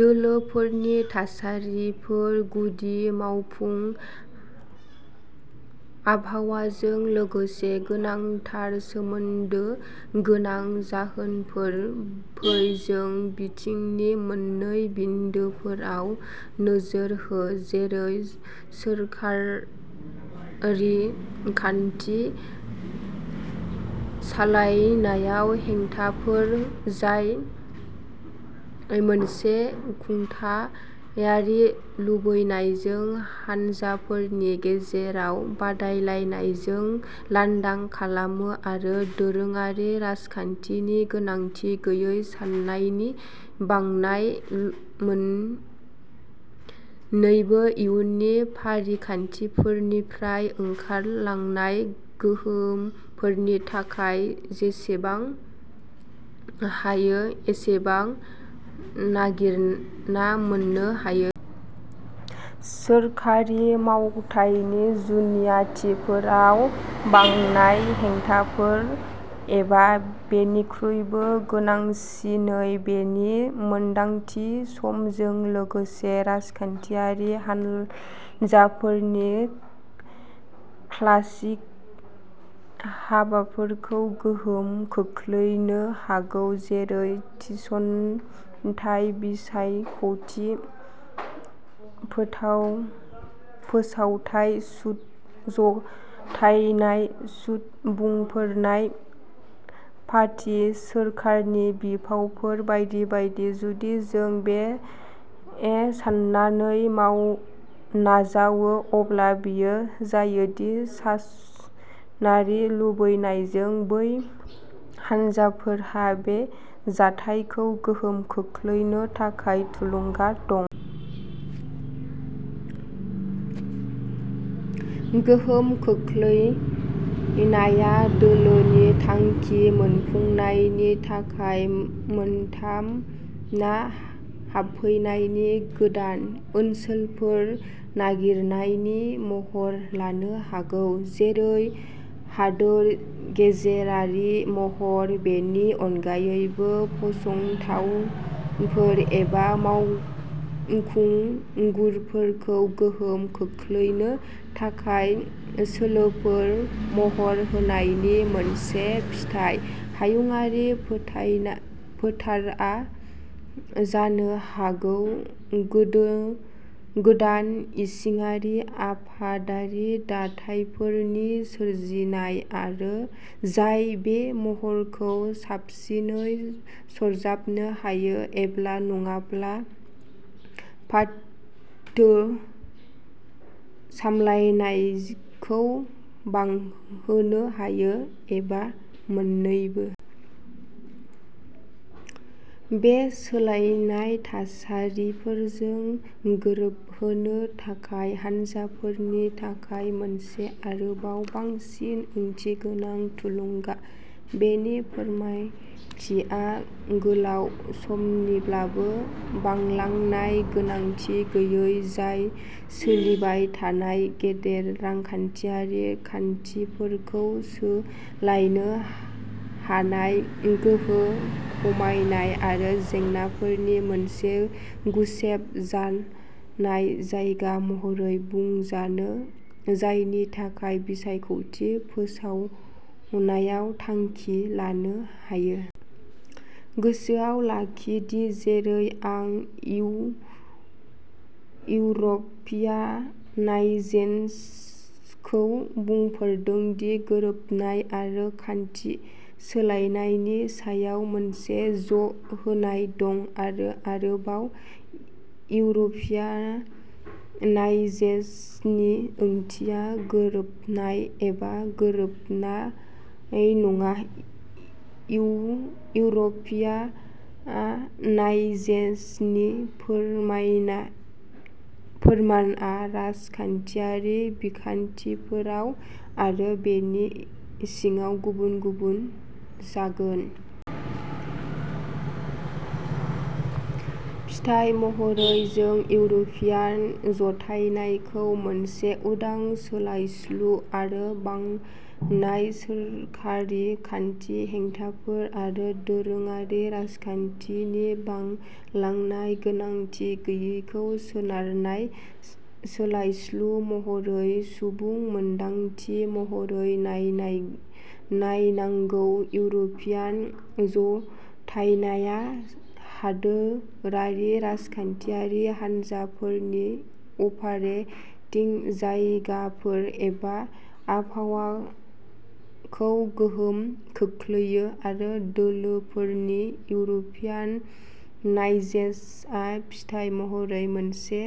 दोलोफोरनि थासारिफोर गुदि मावफुं आबहावाजों लोगोसे गोनांथार सोमोन्दो गोनां जाहोनफोर। फै जों बिथिंनि मोन्नै बिन्दोफोराव नोजोर हो, जेरै सोरखारि खान्थि सालायनायआव हेंथाफोर जाय मोनसे खुंथायारि लुबैनायजों हानजाफोरनि गेजेराव बादायलायनायजों लांदां खालामो, आरो दोरोङारि राजखान्थिनि गोनांथि गैयै साननायनि बांनाय, मोननैबो इयुनि फारिखान्थिफोरनिफ्राय ओंखारलांनाय गोहोमफोरनि थाखाय जेसेबां हायो एसेबां नागिरना मोननो हायो। सोरखारि मावथायनि जुनियाथिफोराव बांनाय हेंथाफोर, एबा बेनिख्रुइबो गोनांसिनै, बेनि मोनदांथि, समजों लोगोसे राजखान्थियारि हानजाफोरनि क्लासिक हाबाफोरखौ गोहोम खोख्लैनो हागौ, जेरै थिसनथाय, बिसायख'थि फोसावथाय, सुद जथायनाय, सुद बुंफोरनाय, पाटी सोरखारनि बिफावफोर, बायदि बायदि। जुदि जों बे सान्नायखौ नाजावो, अब्ला बेयो जायो दि सासनारि लुबैनायजों बै हानजाफोरहा बे जाथायखौ गोहोम खोख्लैनो थाखाय थुलुंगा दं। गोहोम खोख्लैनाया दोलोनि थांखि मोनफुंनायनि थाखाय मोनथामना हाबफैनायनि गोदान ओनसोलफोर नागिरनायनि महर लानो हागौ, जेरै, हादोर गेजेरारि महर। बेनि अनगायैबो, फसंथावफोर एबा फावखुंगुरफोरखौ गोहोम खोख्लैनो थाखाय सोलोफोर महर होनायनि मोनसे फिथाय। हायुंआरि फोथारआ जानो हागौ गोदान इसिङारि आफादारि दाथायफोरनि सोरजिनाय जाय बे महरखौ साबसिनै सरजाबनो हायो एबा नङाब्ला पाटो सामलायनायखौ बांहोनो हायो, एबा मोन्नैबो। बे सोलायनाय थासारिफोरजों गोरोबहोनो थाखाय हानजाफोरनि थाखाय मोनसे आरोबाव बांसिन ओंथिगोनां थुलुंगा, बेनि फोरमायथिया गोलाव समनिब्लाबो, बांलांनाय गोनांथि गैयै, जाय सोलिबाय थानाय गेदेर रांखान्थियारि खान्थिफोरखौ सोलायनो हानाय गोहो खमायनाय आरो जेंनाफोरनि मोनसे गुसेब जानाय जायगा महरै बुंजानो जायनि थाखाय बिसायख'थि फोसावनायाव थांखि लानो हायो। गोसोआव लाखि दि जेरै आं इउर'पियानाइजेसनखौ बुंफोरदों दि गोरोबनाय आरो खान्थि सोलायनायनि सायाव मोनसे ज' होनाय दं, आरो आरोबाव, इउर'पियानाइजेसनि ओंथिया गोरोबनाय एबा गोरोबनाय नङा, इउर'पियानाइजेसनि फोरमानआ राजखान्थियारि बिखान्थिफोराव आरो बेनि सिङाव गुबुन-गुबुन जागोन। फिथाय महरै, जों इउर'पियान जथायनायखौ मोनसे उदां सोलायस्लु आरो बांनाय सोरखारि खान्थि हेंथाफोर आरो दोरोङारि राजखान्थिनि बांलांनाय गोनांथि गैयैखौ सोनारनाय सोलायस्लु महरै सुबुं मोनदांथि महरै नायनांगौ। इउर'पियान जथायनाया हादोरारि राजखान्थियारि हानजाफोरनि अपारेटिं जायगाफोर, एबा आबहावाखौ गोहोम खोख्लैयो, आरो दोलोफोरनि इउर'पियानाइजेसआ फिथाय महरै मोनसे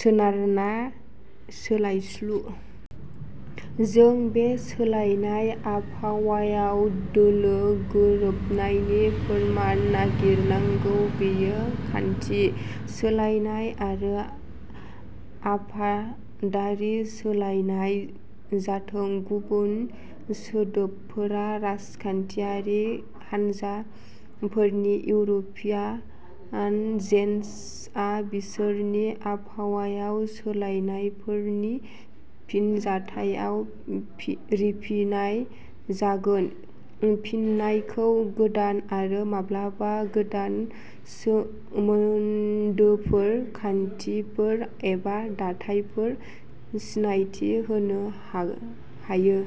सोनारना सोलायस्लु। जों बे सोलायनाय आबहावायाव दोलो गोरोबनायनि फोरमान नागिरनांगौ, बेयो खान्थि सोलायनाय आरो आफादारि सोलायनाय जाथों। गुबुन सोदोबफोरा‌, राजखान्थियारि हान्जाफोरनि इउर'पियानाजेनसआ बिसोरनि आबहावायाव सोलायनायफोरनि फिनजाथायाव रिफिनाय जागोन। फिननायखौ गोदान आरो माब्लाबा गोदान सोमोन्दोफोर, खान्थिफोर एबा दाथायफोर सिनायथि होनो हायो।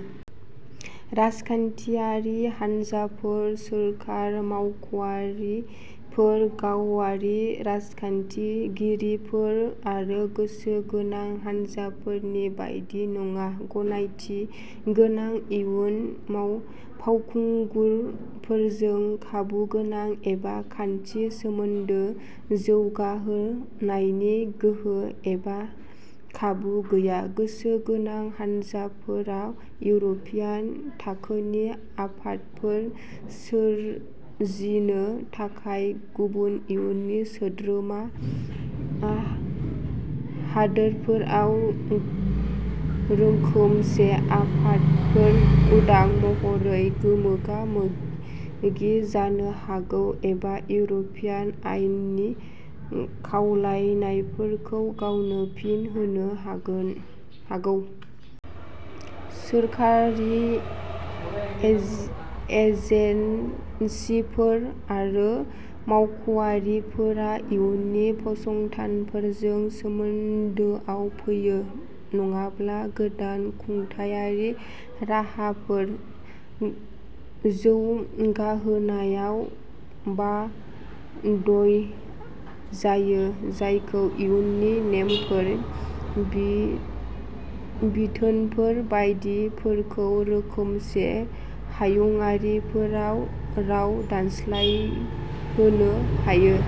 राजखान्थियारि हान्जाफोर, सोरखार मावख'आरिफोर, गावारि राजखान्थिगिरिफोर आरो गोसो गोनां हानजाफोरनि बायदि नङा, गनायथिगोनां इयुनाव फावखुंगुरफोरजों खाबुगोनां एबा खाथि सोमोन्दो जौगाहोनायनि गोहो एबा खाबु गैया। गोसो गोनां हानजाफोरा इउर'पियान थाखोनि आफादफोर सोरजिनो थाखाय गुबुन इयुनि सोद्रोमा हादोरफोराव रोखोमसे आफादफोर उदां महरै मोगा मोगि जानो हागौ, एबा इउर'पियान आयेननि खावलायनायफोरखौ गावनो फिन होनो हागौ। सोरखारि एजेन्सिफोर आरो मावख'आरिफोरा इयुनि फसंथानफोरजों सोमोन्दोआव फैयो, नङाब्ला गोदान खुंथायारि राहाफोर जौगाहोनायाव बाध्य जायो जायखौ इयुनि नेमफोर, बिथोनफोर बायदिफोरखौ रोखोमसे हायुंआरिफोराव राव दानस्लायहोनो हायो।